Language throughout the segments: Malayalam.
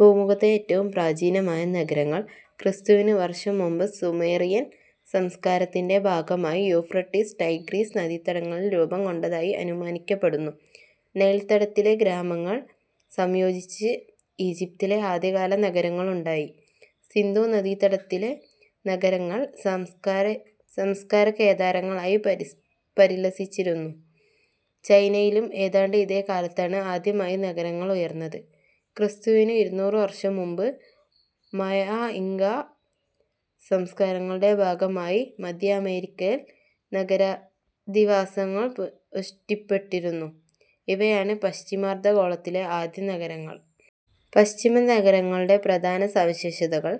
ഭൂമുഖത്തെ ഏറ്റവും പ്രാചീനമായ നഗരങ്ങൾ ക്രിസ്തുവിന് വർഷം മുമ്പ് സുമേറിയൻ സംസ്കാരത്തിന്റെ ഭാഗമായി യൂഫ്രടിസ്-ടൈഗ്രിസ് നദീതടത്തിൽ രൂപംകൊണ്ടതായി അനുമാനിക്കപ്പെടുന്നു. നൈൽതടത്തിലെ ഗ്രാമങ്ങൾ സംയോജിച്ച് ഈജിപ്തിലെ ആദ്യകാല നഗരങ്ങളുണ്ടായി. സിന്ധുനദീതടത്തിലെ നഗരങ്ങൾ സംസ്കാരകേദാരങ്ങളായി പരിലസിച്ചിരുന്നു. ചൈനയിലും ഏതാണ്ട് ഇതേ കാലത്താണ് ആദ്യമായി നഗരങ്ങൾ ഉയർന്നത്. ക്രിസ്തുവിന് ഇരുനൂറ് വർഷം മുമ്പ് മയാ-ഇങ്കാ സംസ്കാരങ്ങളുടെ ഭാഗമായി മധ്യഅമേരിക്കയിൽ നഗരാധിവാസങ്ങൾ പുഷ്ടിപ്പെട്ടിരുന്നു ഇവയാണ് പശ്ചിമാർധഗോളത്തിലെ ആദ്യ നഗരങ്ങൾ. പ്രാചീന നഗരങ്ങളുടെ പ്രധാന സവിശേഷതകൾ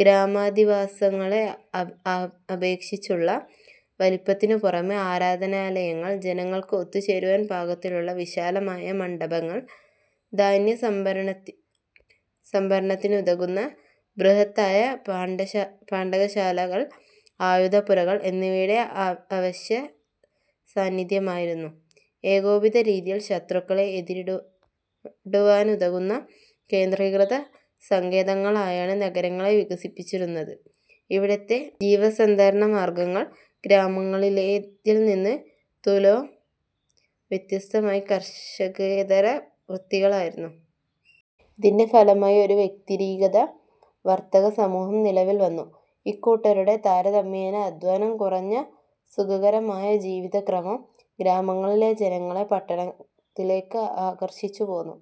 ഗ്രാമാധിവാസങ്ങളെ അപേക്ഷിച്ചുള്ള വലിപ്പത്തിനു പുറമേ, ആരാധനാലയങ്ങൾ, ജനങ്ങൾക്ക് ഒത്തുചേരുവാൻപാകത്തിലുള്ള വിശാലമായ മണ്ഡപങ്ങൾ, ധാന്യസംഭരണത്തിനുതകുന്ന ബൃഹത്തായ പണ്ടകശാലകൾ, ആയുധപ്പുരകൾ എന്നിവയുടെ അവശ്യസാന്നിധ്യമായിരുന്നു. ഏകോപിത രീതിയിൽ ശത്രുക്കളെ എതിരിടുവാനുതകുന്ന കേന്ദ്രീകൃത സങ്കേതങ്ങളായാണ് നഗരങ്ങളെ വികസിപ്പിച്ചിരുന്നത്. ഇവിടത്തെ ജീവസന്ധാരണമാർഗങ്ങൾ ഗ്രാമങ്ങളിലേതിൽനിന്ന് തുലോം വ്യത്യസ്തമായി കാർഷികേതര വൃത്തികളായിരുന്നു. ഇതിന്റെ ഫലമായി ഒരു വ്യതിരിക്ത വർത്തകസമൂഹം നിലവിൽവന്നു. ഇക്കൂട്ടരുടെ, താരതമ്യേന അധ്വാനം കുറഞ്ഞ സുഖകരമായ ജീവിതക്രമം ഗ്രാമങ്ങളിലെ ജനങ്ങളെ പട്ടണത്തിലേക്ക് ആകർഷിച്ചുപോന്നു.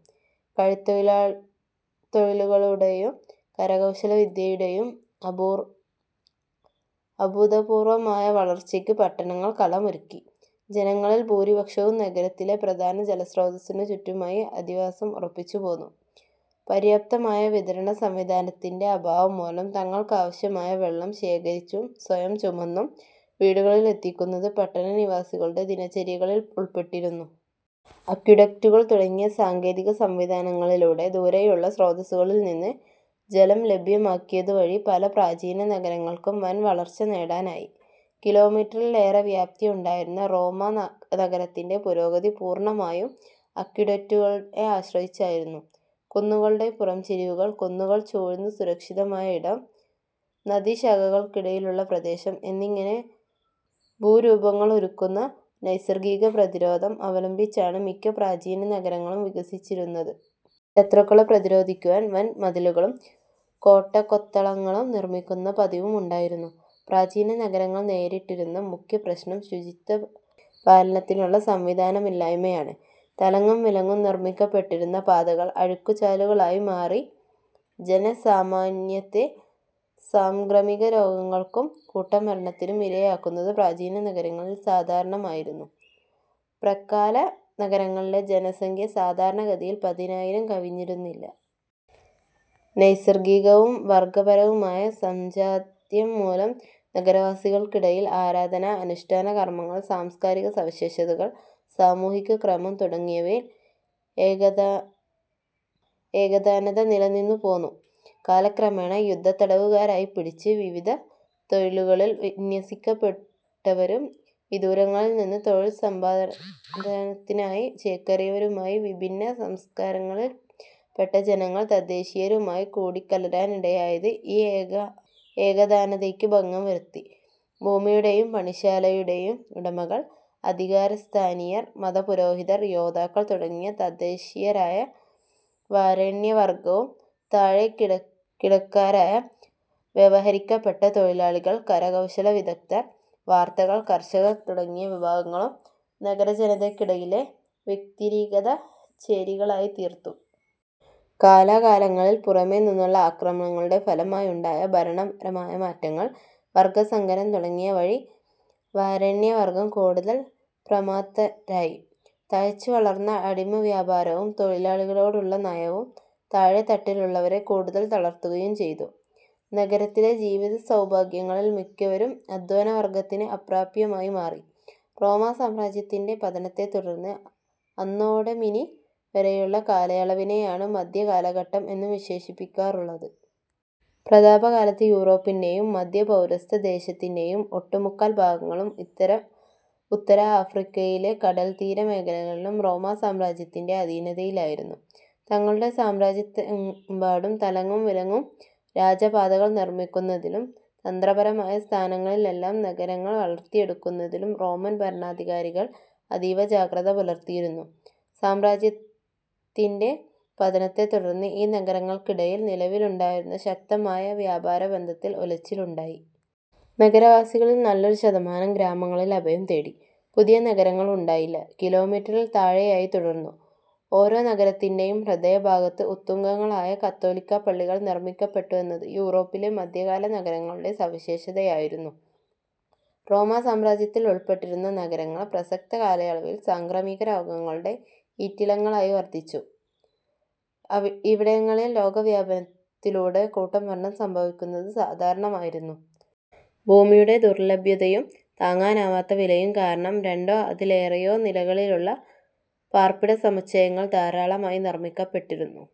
കൈത്തൊഴിലുകളുടെയും കരകൗശലവിദ്യയുടെയും അഭൂതപൂർവമായ വളർച്ചയ്ക്ക് പട്ടണങ്ങൾ കളമൊരുക്കി. ജനങ്ങളിൽ ഭൂരിപക്ഷവും നഗരത്തിലെ പ്രധാന ജലസ്രോതസ്സിനു ചുറ്റുമായി അധിവാസം ഉറപ്പിച്ചുപോന്നു. പര്യാപ്തമായ വിതരണസംവിധാനത്തിന്റെ അഭാവംമൂലം തങ്ങൾക്കാവശ്യമായ വെള്ളം ശേഖരിച്ചും സ്വയം ചുമന്നും വീടുകളിലെത്തിക്കുന്നത് പട്ടണവാസികളുടെ ദിനചര്യകളിൽ ഉൾപ്പെട്ടിരുന്നു. അക്വിഡക്റ്റുകൾ തുടങ്ങിയ സാങ്കേതിക സംവിധാനങ്ങളിലൂടെ ദൂരെയുള്ള സ്രോതസ്സുകളിൽനിന്ന് ജലം ലഭ്യമാക്കിയതുവഴി പല പ്രാചീന നഗരങ്ങൾക്കും വൻ വളർച്ച നേടാനായി. കിലോമീറ്ററിൽ ഏറേ വ്യാപ്തി ഉണ്ടായിരുന്ന റോമാനഗരത്തിന്റെ പുരോഗതി പൂർണമായും അക്വിഡക്റ്റുകളെ ആശ്രയിച്ചായിരുന്നു. കുന്നുകളുടെ പുറംചരിവുകൾ, കുന്നുകൾ ചൂഴ്ന്ന് സുരക്ഷിതമായ ഇടം, നദീശാഖകൾക്കിടയ്ക്കുള്ള പ്രദേശം എന്നിങ്ങനെ ഭൂരൂപങ്ങളൊരുക്കുന്ന നൈസർഗിക പ്രതിരോധം അവലംബിച്ചാണ് മിക്ക പ്രാചീന നഗരങ്ങളും വികസിച്ചിരുന്നത്. ശത്രുക്കളെ പ്രതിരോധിക്കുവാൻ വൻ മതിലുകളും കോട്ടകൊത്തളങ്ങളും നിർമ്മിക്കുന്ന പതിവും ഉണ്ടായിരുന്നു. പ്രാചീന നഗരങ്ങൾ നേരിട്ടിരുന്ന മുഖ്യ പ്രശ്നം ശുചിത്വപാലനത്തിനുള്ള സംവിധാനമില്ലായ്മയാണ്. തലങ്ങും വിലങ്ങും നിർമ്മിക്കപ്പെട്ടിരുന്ന പാതകൾ അഴുക്കുചാലുകളായിമാറി ജനസാമാന്യത്തെ സാംക്രമിക രോഗങ്ങൾക്കും കൂട്ടമരണത്തിനും ഇരയാക്കുന്നത് പ്രാചീന നഗരങ്ങളിൽ സാധാരണമായിരുന്നു. പ്രാക്കാല നഗരങ്ങളിലെ ജനസംഖ്യ സാധാരണ ഗതിയിൽ പതിനായിരം കവിഞ്ഞിരുന്നില്ല. നൈസർഗികവും വർഗപരവുമായ സാജാത്യംമൂലം നഗരവാസികൾക്കിടയിൽ ആരാധന, അനുഷ്ഠാനകർമങ്ങൾ, സാംസ്കാരിക സവിശേഷതകൾ, സാമൂഹിക ക്രമം തുടങ്ങിയവയിൽ ഏകതാനത നിലനിന്നുപോന്നു. കാലക്രമേണ, യുദ്ധത്തടവുകാരായി പിടിച്ച്, വിവിധ തൊഴിലുകളിൽ വിന്യസിക്കപ്പെട്ടവരും വിദൂരങ്ങളിൽനിന്ന് തൊഴിൽ സമ്പാദനത്തിനായി ചേക്കേറിയവരുമായി വിഭിന്ന സംസ്കാരങ്ങളിൽപ്പെട്ട ജനങ്ങൾ തദ്ദേശീയരുമായി കൂടിക്കലരാനിടയായത് ഈ ഏകതാനതയ്ക്ക് ഭംഗം വരുത്തി. ഭൂമിയുടെയും പണിശാലകളുടെയും ഉടമകൾ, അധികാരസ്ഥാനീയർ, മതപുരോഹിതർ, യോദ്ധാക്കൾ തുടങ്ങി തദ്ദേശീയരായ വരേണ്യവർഗവും താഴേക്കിടക്കാരായി വ്യവഹരിക്കപ്പെട്ട തൊഴിലാളികൾ, കരകൗശലവിദഗ്ദ്ധർ, വർത്തകർ, കർഷകർ തുടങ്ങിയ വിഭാഗങ്ങളും നഗരജനതയ്ക്കിടയിലെ വ്യതിരിക്ത ചേരികളായിത്തീർന്നു. കാലാകാലങ്ങളിൽ പുറമേനിന്നുള്ള ആക്രമണങ്ങളുടെ ഫലമായുണ്ടായ ഭരണപരമായ മാറ്റങ്ങൾ, വർഗസങ്കരം തുടങ്ങിയവ വഴി വരേണ്യവർഗം കൂടുതൽ പ്രമത്തരായി. തഴച്ചുവളർന്ന അടിമവ്യാപാരവും തൊഴിലാളികളോടുള്ള നയവും താഴേത്തട്ടിലുള്ളവരെ കൂടുതൽ തളർത്തുകയും ചെയ്തു. നഗരത്തിലെ ജീവിതസൗഭാഗ്യങ്ങളിൽ മിക്കവയും അധ്വാനവർഗത്തിന് അപ്രാപ്യമായി മാറി. റോമാസാമ്രാജ്യത്തിന്റെ പതനത്തെത്തുടർന്ന് അന്നോടൊമിനി വരെയുള്ള കാലയളവിനെയാണ് മധ്യകാലഘട്ടം എന്നു വിശേഷിപ്പിക്കാറുള്ളത്. പ്രതാപകാലത്ത് യൂറോപ്പിന്റെയും മധ്യ പൗരസ്ത്യദേശത്തിന്റെയും ഒട്ടുമുക്കാൽ ഭാഗങ്ങളും ഉത്തര ആഫ്രിക്കയിലെ കടൽത്തീരമേഖലകളും റോമാസാമ്രാജ്യത്തിന്റെ അധീനതയിലായിരുന്നു. തങ്ങളുടെ സാമ്രാജ്യത്തെമ്പാടും തലങ്ങും വിലങ്ങും രാജപാതകൾ നിർമ്മിക്കുന്നതിലും തന്ത്രപരമായ സ്ഥാനങ്ങളിലെല്ലാം നഗരങ്ങൾ വളർത്തിയെടുക്കുന്നതിലും റോമൻ ഭരണാധികാരികൾ അതീവ ജാഗ്രത പുലർത്തിയിരുന്നു. സാമ്രാജ്യത്തിന്റെ പതനത്തെത്തുടർന്ന് ഈ നഗരങ്ങൾക്കിടയിൽ നിലവിലുണ്ടായിരുന്ന ശക്തമായ വ്യാപാരബന്ധത്തിൽ ഉലച്ചിലുണ്ടായി. നഗരവാസികളിൽ നല്ലൊരു ശതമാനം ഗ്രാമങ്ങളിൽ അഭയം തേടി. പുതിയ നഗരങ്ങൾ ഉണ്ടായില്ല. കിലോമീറ്ററിൽ താഴെയായി തുടർന്നു. ഓരോ നഗരത്തിന്റെയും ഹൃദയഭാഗത്ത് ഉത്തുംഗങ്ങളായ കത്തോലിക്കാപ്പള്ളികൾ നിർമ്മിക്കപ്പെട്ടുവെന്നത് യൂറോപ്പിലെ മധ്യകാല നഗരങ്ങളുടെ സവിശേഷതയായിരുന്നു. റോമാസാമ്രാജ്യത്തിൽ ഉൾപ്പെട്ടിരുന്ന നഗരങ്ങൾ പ്രസക്ത കാലയളവിൽ സാംക്രമികരോഗങ്ങളുടെ ഈറ്റില്ലങ്ങളായി വർത്തിച്ചു. ഇവിടങ്ങളിൽ രോഗവ്യാപനത്തിലൂടെ കൂട്ടമരണം സംഭവിക്കുന്നത് സാധാരണമായിരുന്നു. ഭൂമിയുടെ ദുർലഭ്യതയും താങ്ങാനാവാത്ത വിലയും കാരണം, രണ്ടോ അതിലേറെയോ നിലകളിലുള്ള പാർപ്പിടസമുച്ചയങ്ങൾ ധാരാളമായി നിർമ്മിക്കപ്പെട്ടിരുന്നു.